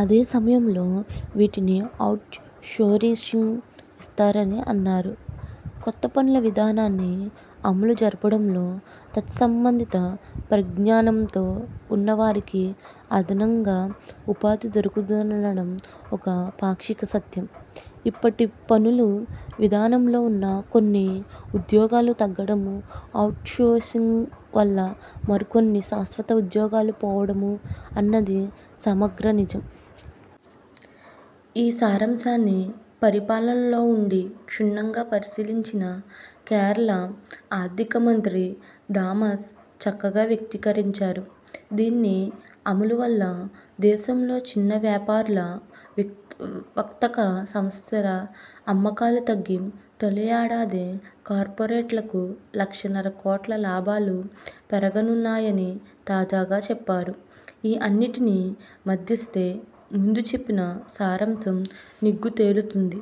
అదే సమయంలో వీటిని అవుట్ సోర్సింగ్కూ ఇస్తారని అన్నారు. కొత్త పన్నుల విధానాన్ని అమలు జరపడంలో తత్సంబంధిత పరిజ్ఞానంతో ఉన్న వారికి అదనంగా ఉపాధి దొరుకుతుందనడం ఒక పాక్షిక సత్యం. ఇప్పటి పన్ను విధానంలో ఉన్న కొన్ని ఉద్యోగాలు తగ్గడమూ, అవుట్ సోర్సింగ్ వల్ల మరికొన్ని శాశ్వత ఉద్యోగాలు పోవడమూ అన్నది సమగ్ర నిజం. ఈ సారాంశాన్ని పరిపాలనలో ఉండి క్షుణ్ణంగా పరిశీలించిన కేరళ ఆర్థిక మంత్రి థామస్ చక్కగా వ్యక్తీకరించారు. దీని అమలు వల్ల దేశంలో చిన్న వ్యాపారుల, వర్తక సంస్థల అమ్మకాలు తగ్గి తొలి యేడాదే కార్పొరేట్లకు లక్షన్నర కోట్ల లాభాలు పెరగనున్నాయని తాజాగా చెప్పారు. ఈ అన్నిటినీ మదిస్తే ముందు చెప్పిన సారాంశం నిగ్గు తేలుతుంది.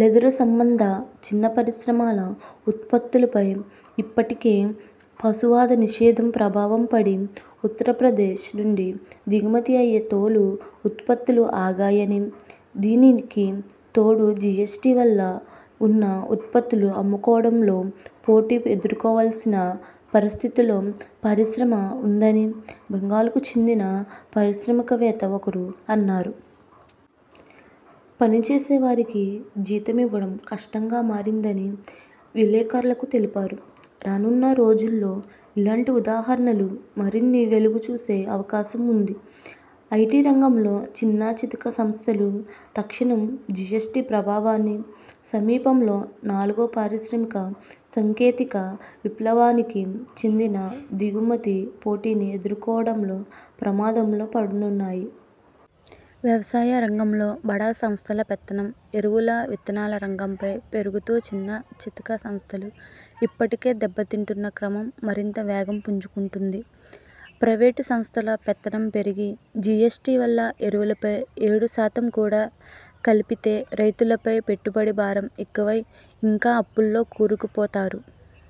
లెదరు సంబంధ చిన్న పరిశ్రమల ఉత్పత్తులపై ఇప్పటికే పశువధ నిషేధం ప్రభావం పడి ఉత్తరప్రదేశ్ నుంచి దిగుమతి అయ్యే తోలు ఉత్పత్తులు ఆగాయనీ, దీనికి తోడు జీఎస్టీ వల్ల ఉన్న ఉత్పత్తులు అమ్ముకోవడంలో పోటీ ఎదుర్కోవాల్సిన పరిస్థితుల్లో పరిశ్రమ ఉందనీ బెంగాల్కు చెందిన పారిశ్రామిక వేత్త ఒకరు అన్నారు. పనిచేసే వారికి జీతాలివ్వడం కష్టంగా మారిందని విలేఖర్లకు తెలిపారు. రానున్న రోజుల్లో ఇలాంటి ఉదాహరణలు మరిన్ని వెలుగు చూసే అవకాశం వుంది. ఐటీ రంగంలో చిన్నా చితకా సంస్థలు తక్షణం జీఎస్టీ ప్రభావాన్నీ, సమీపంలో నాలుగో పారిశ్రామిక సాంకేతిక విప్లవానికి చెందిన దిగుమతి పోటీనీ ఎదుర్కోవడంలో ప్రమాదంలో పడనున్నాయి. వ్యవసాయ రంగంలో బడా సంస్థల పెత్తనం ఎరువుల, విత్తన రంగంపై పెరుగుతూ చిన్నచితకా సంస్థలు ఇప్పటికే దెబ్బతింటున్న క్రమం మరింత వేగం పుంజుకుంటుంది. ప్రయివేటు సంస్థల పెత్తనం పెరిగి, జీఎస్టీ వల్ల ఎరువులపై ఏడు శాతం కూడా కలిపితే రైతులపై పెట్టుబడి భారం ఎక్కువై ఇంకా అప్పుల్లో కూరుకుపోతారు.